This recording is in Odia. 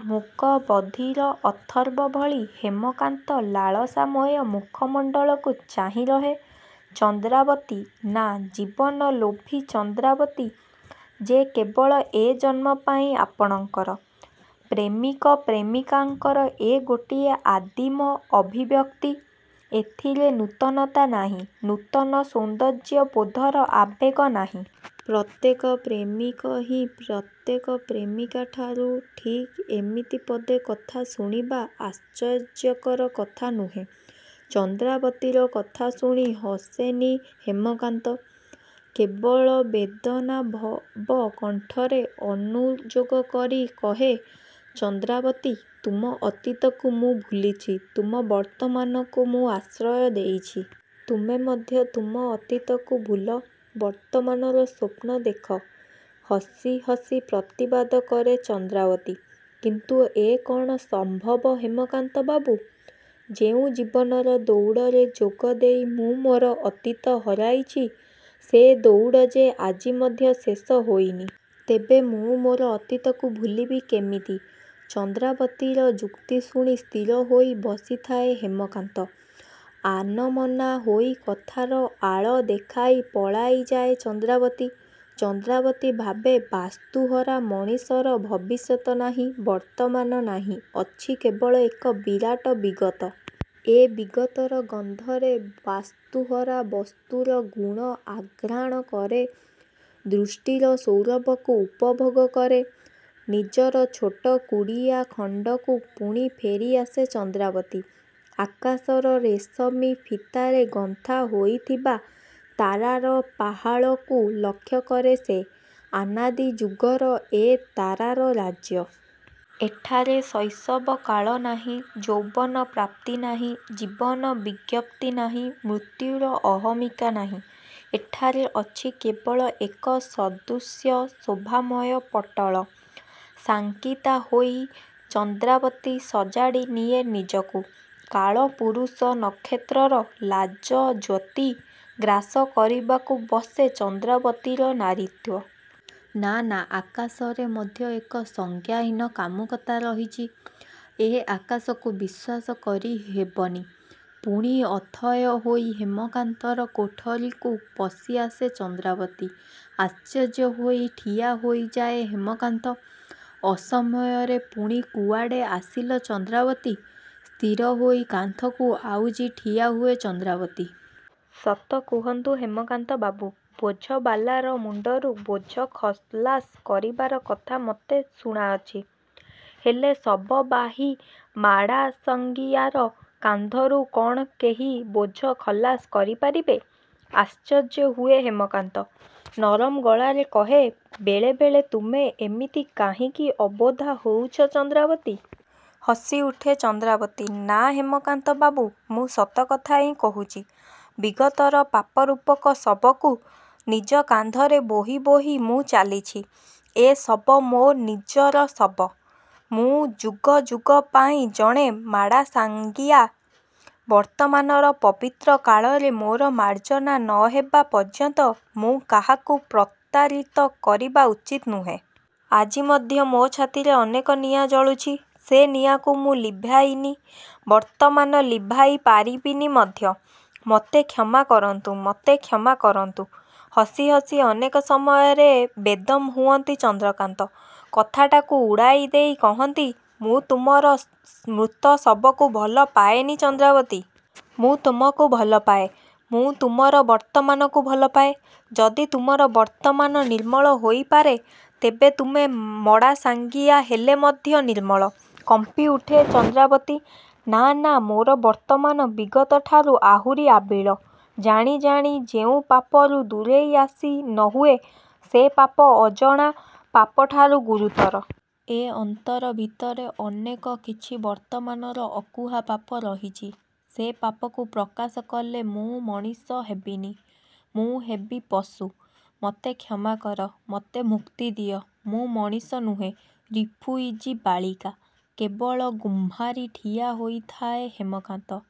'' ମୂକ, ବଧୀର, ଅଥର୍ବ ଭଳି ହେମକାନ୍ତ ଲାଳସାମୟ ମୁଖମଣ୍ଡଳକୁ ଚାହିଁରହେ ଚନ୍ଦ୍ରାବତୀ.. ''ନାଁ, ଜୀବନ ଲୋଭୀ ଚନ୍ଦ୍ରାବତୀ ଯେ କେବଳ ଏ ଜନ୍ମପାଇଁ ଆପଣଙ୍କର। '' ପ୍ରେମିକ ପ୍ରେମିକାଙ୍କର ଏ ଗୋଟିଏ ଆଦିମ ଅଭିବ୍ୟକ୍ତି। ଏଥିରେ ନୂତନତା ନାହିଁ, ନୂତନ ସୌନ୍ଦର୍ଯ୍ୟ ବୋଧର ଆବେଗ ନାହିଁ। ପ୍ରତ୍ୟେକ ପ୍ରେମିକ ହିଁ ପ୍ରତ୍ୟେକ ପ୍ରେମିକାଙ୍କଠାରୁ ଠିକ ଏମିତି ପଦେ କଥା ଶୁଣିବା ଆଶ୍ଚର୍ଯ୍ୟକର କଥା ନୁହେଁ। ଚନ୍ଦ୍ରାବତୀର କଥା ଶୁଣି ହସେନି ହେମକାନ୍ତ। କେବଳ ବେଦନାଭଗ କଣ୍ଠରେ ଅନୁଯୋଗ କରି କହେ-''ଚନ୍ଦ୍ରାବତୀ! ତୁମ ଅତୀତକୁ ମୁଁ ଭୁଲିଛି। ତୁମ ବର୍ତ୍ତମାନକୁ ମୁଁ ପ୍ରଶ୍ରୟ ଦେଇଛି। ତୁମେ ମଧ୍ୟ ତୁମ ଅତୀତକୁ ଭୁଲ। ବର୍ତ୍ତମାନର ସ୍ୱପ୍ନ ଦେଖ। '' ହସି ହସି ପ୍ରତିବାଦ କରେ ଚନ୍ଦ୍ରାବତୀ ''କିନ୍ତୁ ଏ କ'ଣ ସମ୍ଭବ ହେମକାନ୍ତ ବାବୁ। ଯେଉଁ ଜୀବନର ଦୌଡ଼ରେ ଯୋଗ ଦେଇ ମୁଁ ମୋର ଅତୀତ ହରାଇଛି, ସେ ଦୌଡ଼ ଯେ ଆଜି ମଧ୍ୟ ଶେଷ ହୋଇନି। ତେବେ ମୁଁ ମୋର ଅତୀତକୁ ଭୁଲିବି କେମିତି? '' ଚନ୍ଦ୍ରାବତୀର ଯୁକ୍ତି ଶୁଣି ସ୍ଥିର ହୋଇ ବସିଥାଏ ହେମକାନ୍ତ। ଆନମନା ହୋଇ କଥାର ଆଳ ଦେଖାଇ ପଳାଇଯାଏ ଚନ୍ଦ୍ରାବତୀ। ଚନ୍ଦ୍ରାବତୀ ଭାବେ-ବାସ୍ତୁହରା ମଣିଷର ଭବିଷ୍ୟତ ନାହିଁ, ବର୍ତ୍ତମାନ ନାହିଁ, ଅଛି କେବଳ ଏକ ବିରାଟ ବିଗତ। ଏ ବିଗତର ଗନ୍ଧରେ ବାସ୍ତୁହରା ବସ୍ତୁର ଗୁଣ ଆଘ୍ରାଣ କରେ, ସୃଷ୍ଟିର ସୌରଭକୁ ଉପଭୋଗ କରେ। ନିଜର ଛୋଟ କୁଡ଼ିଆ ଖଣ୍ଡକୁ ପୁଣି ଫେରିଆସେ ଚନ୍ଦ୍ରାବତୀ। ଆକାଶର ରେଶମୀ ଫିତାରେ ଗୁନ୍ଥା ହୋଇଥିବା ତାରାର ପୋହଳାକୁ ଲକ୍ଷ୍ୟକରେ ସେ। ଅନାଦି ଯୁଗର ଏ ତାରାର ରାଜ୍ୟ। ଏଠାରେ ଶୈଶବ କାଳ ନାହିଁ, ଯୌବନପ୍ରାପ୍ତି ନାହିଁ, ଜୀବନ ବିଜ୍ଞପ୍ତି ନାହିଁ ମୃତ୍ୟୁର ଅହମିକା ନାହି, ଏଠାରେ ଅଛି କେବଳ ଏକ ସଦୃଶ୍ୟ ଶୋଭାମୟ ପଟଳ। ଶଙ୍କିତା ହୋଇ ଚନ୍ଦ୍ରାବତୀ ସଜାଡ଼ି ନିଏ ନିଜକୁ। କାଳପୁରୁଷ ନକ୍ଷତ୍ରର ଲାଲ ଜ୍ୱତି ଗ୍ରାସ କରିବାକୁ ବସେ ଚନ୍ଦ୍ରାବତୀର ନାରୀତ୍ୱ। ନାଁ.. ନାଁ ଆକାଶରେ ମଧ୍ୟ ଏକ ସଂଜ୍ଞାହୀନ କାମୁକତା ରହିଛି। ଏ ଆକାଶକୁ ବିଶ୍ୱାସ କରି ହେବନି। ପୁଣି ଅଥୟ ହୋଇ ହେମକାନ୍ତର କୋଠରୀକୁ ପଶିଆସେ ଚନ୍ଦ୍ରାବତୀ। ଆଶ୍ଚର୍ଯ୍ୟ ହୋଇ ଠିଆ ହୋଇଯାଏ ହେମକାନ୍ତ। ''ଅସମୟରେ ପୁଣି କୁଆଡ଼େ ଆସିଲ ଚନ୍ଦ୍ରାବତୀ? '' ସ୍ଥିର ହୋଇ କାନ୍ଥକୁ ଆଉଜି ଠିଆ ହୁଏ ଚନ୍ଦ୍ରାବତୀ। ''ସତ କହନ୍ତୁ ହେମକାନ୍ତ ବାବୁ! ବୋଝବାଲାର ମୁଣ୍ଡରୁ ବୋଝ ଖଲାସ କରିବାର କଥା ମୋତେ ଶୁଣାଅଛି। ହେଲେ ଶବବାହୀ ମଡ଼ାସାଙ୍ଗିଆର କାନ୍ଧରୁ କ'ଣ କେହି ବୋଝ ଖଲାସ କରିପାରେ? '' ଆଶ୍ଚର୍ଯ୍ୟ ହୁଏ ହେମକାନ୍ତ-। ନରମ ଗଳାରେ କହେ-''ବେଳେ ବେଳେ ତୁମେ ଏମିତି କାହିଁକି ଅବୋଧ୍ୟା ହେଉଛ ଚନ୍ଦ୍ରାବତୀ? '' ହସିଉଠେ ଚନ୍ଦ୍ରାବତୀ-ନାଁ, ହେମକାନ୍ତ ବାବୁ! ମୁଁ ସତ କଥା ହିଁ କହୁଛି। ବିଗତର ପାପରୂପକ ଶବକୁ ନିଜ କାନ୍ଧରେ ବୋହି ବୋହି ମୁଁ ଚାଲିଛି। ଏ ଶବ ମୋ ନିଜର ଶବ। ମୁଁ ଯୁଗ ଯୁଗ ପାଇଁ ଜଣେ ମଡାସାଙ୍ଗିଆ। ବର୍ତ୍ତମାନର ପବିତ୍ର କଳରେ ମୋର ମାର୍ଜନା ନ ହେବା ପର୍ଯ୍ୟନ୍ତ ମୁଁ କାହାକୁ ପ୍ରତାରିତ କରିବା ଉଚିତ ନୁହେଁ। ଆଜି ମଧ୍ୟ ମୋ ଛାତିରେ ଅନେକ ନିଆଁ ଜଳୁଛି। ସେ ନିଆଁକୁ ମୁଁ ଲିଭାଇନି, ବର୍ତ୍ତମାନ ଲିଭାଇ ପାରିବିନି ମଧ୍ୟ। ମୋତେ କ୍ଷମା କରନ୍ତୁ ମୋତେ କ୍ଷମା କରନ୍ତୁ। ହସି ହସି ଅନେକ ସମୟରେ ବେଦମ୍ ହୁଅନ୍ତି ହେମକାନ୍ତ। କଥାଟାକୁ ଉଡ଼େଇ ଦେଇ କହନ୍ତି-ମୁଁ ତୁମର ମୃତ ଶବକୁ ଭଲ ପାଏନି ଚନ୍ଦ୍ରାବତୀ। ମୁଁ ତୁମକୁ ଭଲପାଏ। ମୁଁ ତୁମର ବର୍ତ୍ତମାନକୁ ଭଲପାଏ। ଯଦି ତୁମର ବର୍ତ୍ତମାନ ନିର୍ମଳ ହୋଇପାରେ-ତେବେ ତୁମେ ମଡାସାଙ୍ଗିଆ ହେଲେ ମଧ୍ୟ ନିର୍ମଳ। କମ୍ପି ଉଠେ ଚନ୍ଦ୍ରାବତୀ ''ନାଁ ନାଁ ମୋର ବର୍ତ୍ତମାନ, ବିଗତଠାରୁ ଆହୁରି ଆବିଳ। ଜାଣି ଜାଣି ଯେଉଁ ପାପରୁ ଦୂରେଇ ଆସି ନ ହୁଏ-ସେ ପାପ ଅଜଣା ପାପଠାରୁ ଗୁରୁତର। ଏ ଅନ୍ତର ଭିତରେ ଅନେକ କିଛି ବର୍ତ୍ତମାନର ଅକୁହା ପାପ ରହିଛି। ସେ ପାପକୁ ପ୍ରକାଶ କଲେ ମୁଁ ମଣିଷ ହେବିନି। ମୁଁ ହେବି ପଶୁ। ମୋତେ କ୍ଷମାକର। ମୋତେ ମୁକ୍ତି ଦିଅ। ମୁଁ ମଣିଷ ନୁହେଁ.. ରିଫୁଇଜି ବାଳିକା। '' କେବଳ ଗୁମ୍ମାରି ଠିଆ ହୋଇଯାଏ ହେମକାନ୍ତ।